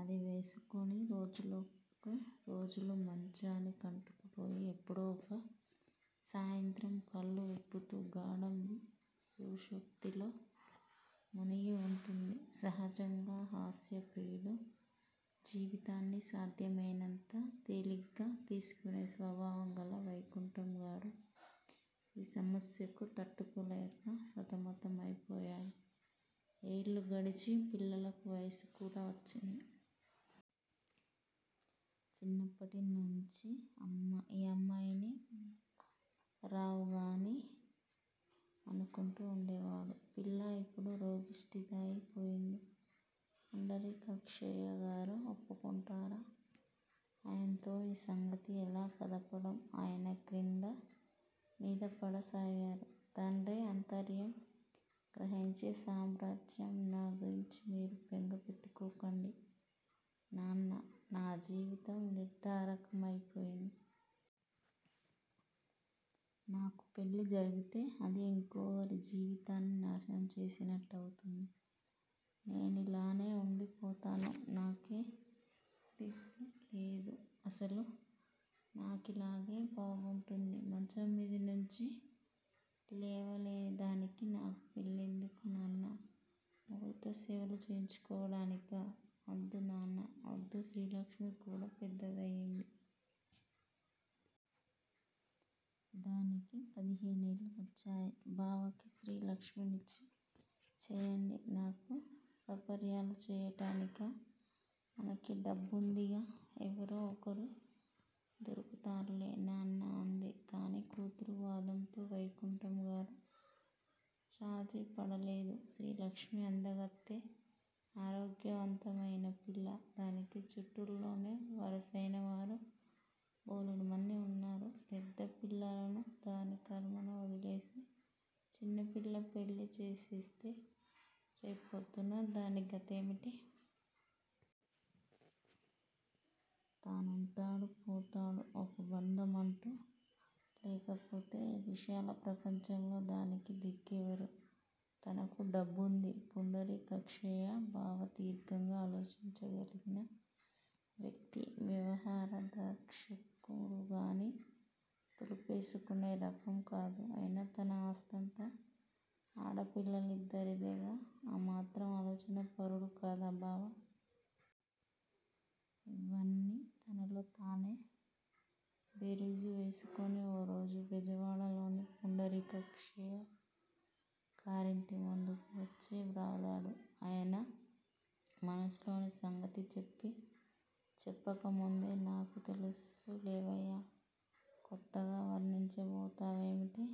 అది వేసుకుని రోజులకి రోజులు మంచానికంటుకు పోయి ఎప్పుడో ఒక సాయంత్రం కళ్ళు విప్పుతూ గాఢ సుషుప్తిలో మునిగి వుంటుంది. సహజంగా హాస్య ప్రియుడూ, జీవితాన్ని సాధ్యమైనంత తేలిగ్గా తీసుకునే స్వభావం గల వైకుంఠం గారు ఈ సమస్యకు తట్టుకోలేక సతమతమైపోయాడు. ఏళ్ళు గడిచి పిల్లకు వయసు కూడా వచ్చింది. చిన్నప్పటినుంచి అమ్మ ఈ అమ్మాయిని రావుకని అనుకుంటూ వుండేవారు. పిల్ల ఇప్పుడు రోగిష్టిదాయి పోయింది. పుండరీకాక్షయ్యగారు ఒప్పుకుంటారా? ఆయన్తో ఈ సంగతి ఎలా కదపడం? ఆయన క్రిందా మీదా పడసాగారు. తండ్రి ఆంతర్యం గ్రహించి సామ్రాజ్యం నా గురించి మీరు బెంగ పెట్టుకోకండి. నాన్నా! నా జీవితం నిర్ధారకమైపోయింది. నాకు పెళ్ళి జరిగితే అది యింకోరి జీవితాన్ని నాశనం చేసినట్టవుతుంది. నేనిలానే వుండి పోతాను. నాకే దిగులూ లేదు. అసలు నాకిలాగే బాగుంటుంది. మంచం మీద నుంచి లేవలేని దానికి నాకు పెళ్లెందుకు నాన్నా? మొగుడితో సేవలు చేయించుకోడానికా? వద్దు నాన్నా! వద్దు శ్రీలక్ష్మి కూడా పెద్దదయింది. దానికి పదిహేనేళ్ళు వచ్చాయి. బావకి శ్రీ లక్ష్మినిచ్చి చెయ్యండి. నాకు సపర్యలు చెయ్యటానికా? మనకి డబ్బుందిగా? ఎవరో ఒకరు దొరుకుతారులే నాన్నా అంది. కాని కూతురి వాదంతో వైకుంఠంగారు రాజీప డలేదు. శ్రీలక్ష్మి అందగత్తె ఆరోగ్యవంతమైన పిల్ల. దానికి చుట్టూల్లోనే వరసైనవారు బోలెడుమంది వున్నారు. పెద్దపిల్లను దాని కర్మాన వదిలేసి, చిన్నపిల్ల పెళ్ళి చేసేస్తే రేపొద్దున దాని గతేమిటి? తనుంటాడు, పోతాడు. ఒక బంధమంటూ లేకపోతే ఈ విశాల ప్రపంచంలో దానికి దిక్కెవరు? తనకు డబ్బుంది. పుండరీకాక్షయ్య బావ దీర్ఘంగా ఆలోచించ గలిగిన వ్యక్తి. వ్యవహారదక్షుకుడు గాని, దులిపేసుకునే రకం కాదు. అయినా తన ఆస్తంతా ఆడపిల్లలిద్దరిదేగా ఆ మాత్రం ఆలోచనా పరుడు కాదా బావ? ఇవన్నీ తనలో తానే బేరీజు వేసుకుని ఓ రోజు బెజవాడలోని పుండరీకాక్షయ్య గారింటి ముందుకు వచ్చి వ్రాలాడు. ఆయన మనసులోని సంగతి చెప్పీ చెప్పకముందే నాకు తెలుసులేవయ్యా! కొత్తగా వర్ణించబోతావేమిటి?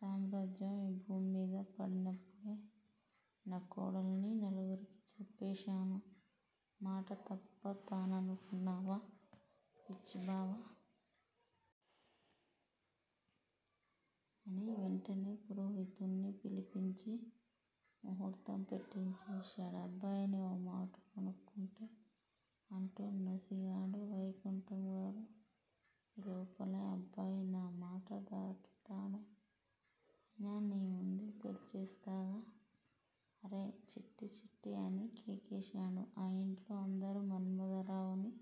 సామ్రాజ్యం ఈ భూమ్మీద పడినప్పుడే నా కోడలని నలుగురికీ చెప్పేశాను. మాట తప్పుతాననుకున్నావా? పిచ్చిబావ! అని వెంటనే పురోహితుడ్ని పిలిపించి ముహూర్తం పెట్టించేశాడు. అబ్బాయిని ఓమాటు కనుక్కుంటే? అంటూ నసిగాడు వైకుంఠంగారు. ఈలోపలే అబ్బాయి నామాట దాటుతాడా? అయినా నీముందే తేల్చేస్తాగా. అరేయ్ చిట్టీ, చిట్టీ! అని కేకేశాడు. ఆ యింట్లో అందరూ మన్మథరావుని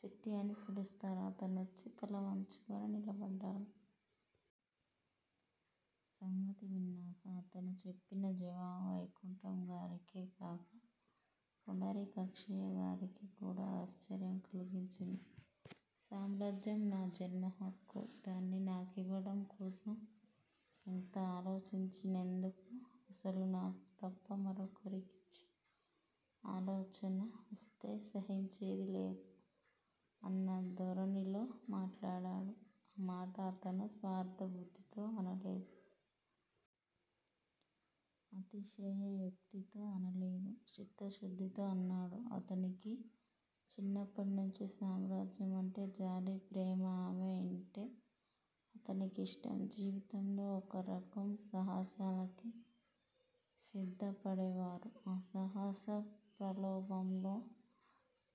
చిట్టీ! అని పిలుస్తారు. అతనొచ్చి తల వంచుకుని నిలబడ్డాడు. సంగతి విన్నాక అతను చెప్పిన జవాబు వైకుంఠం గారికే కాక పుండరీకాక్షయ్యగారికి కూడా ఆశ్చర్యం కలిగించింది. సామ్రాజ్యం నా జన్మహక్కు దాన్ని నాకివ్వటం కోసం యింత ఆలోచించనేందుకు? అసలు నాకు తప్ప మరొకరికిచ్చే ఆలోచన వస్తే సహించేది లేదు అన్నధోరణిలో మాట్లాడాడు. ఆ మాట అతను స్వార్ధ బుద్దితో అనలేదు. అతిశయోక్తితో అనలేదు. చిత్తశుద్దితో అన్నాడు. అతనికి చిన్నప్పట్నుంచీ సామ్రాజ్యమంటే జాలి, ప్రేమ. ఆమె అంటే అతనికిష్టం. జీవితంలో ఒక రకం సాహసాలకి సిద్దపడేవారు ఆ సాహస ప్రలోభంలో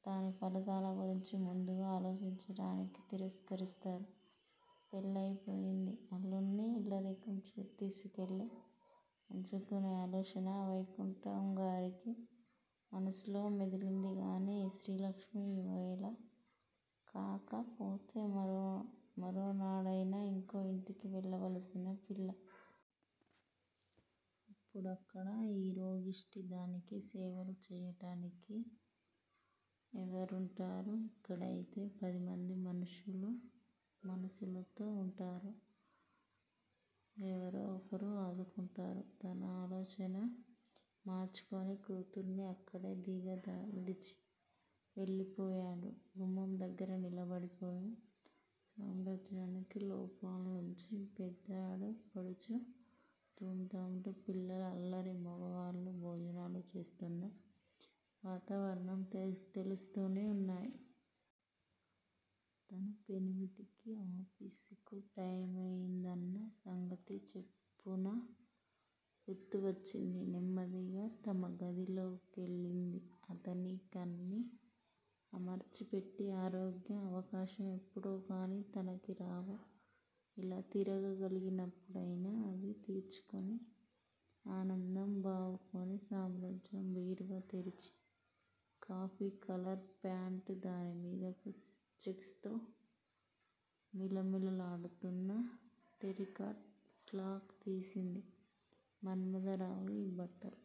దాని ఫలితాల గురించి ముందుగా ఆలోచించటానికి తిరస్కరిస్తారు. పెళ్ళయిపోయింది. అల్లుడ్ని ఇల్లరికం తీసుకెళ్ళి వుంచుకునే ఆలోచన వైకుంఠంగారికి మనసులో మెదిలిందిగాని, శ్రీలక్ష్మి ఈవేళ గాకపోతే మరోనాడైనా యింకో యింటికి వెళ్ళవలసిన పిల్ల. అప్పుడక్కడ ఈ రోగిష్టి దానికి సేవలు చెయ్యటానికి ఎవరుంటారు? ఇక్కడయితే పదిమంది మనుషులు మను సులుతూ వుంటారు. ఎవరో ఒకరు ఆదుకుంటారు. తన ఆలోచన మార్చుకుని కూతుర్ని అక్కడే దిగ విడిచి వెళ్ళిపోయాడు. గుమ్మం దగ్గర నిలబడిపోయి వున్న సామ్రాజ్యానికి లోపల్నుంచి పెద్దాడబడుచు ధూంధాంలు, పిల్లల అల్లరి, మొగవాళ్ళు భోజనాలు చేస్తోన్న వాతావరణం తె తెలుస్తూనే వున్నాయి. తన పెనిమిటికి ఆఫీసుకు టైమయిందన్న సంగతి చప్పున గుర్తువచ్చింది. నెమ్మదిగా తమ గదిలోకెళ్ళింది. అతనికన్నీ అమర్చిపెట్టే ఆరోగ్యం, అవకాశం ఎప్పుడోగాని తనకి రావు. ఇలా తిరగగలిగినప్పుడైనా అవి తీర్చుకుని ఆనందం బావుకోనీ. సామ్రాజ్యం బీరువా తెరిచి కాఫీ కలర్ ప్యాంటు, దాని మీదకు చెక్స్ తో మిలమిలలాడుతున్న టెరికాట్ స్లాక్ తీసింది. మన్మథరావు ఈ బట్టలు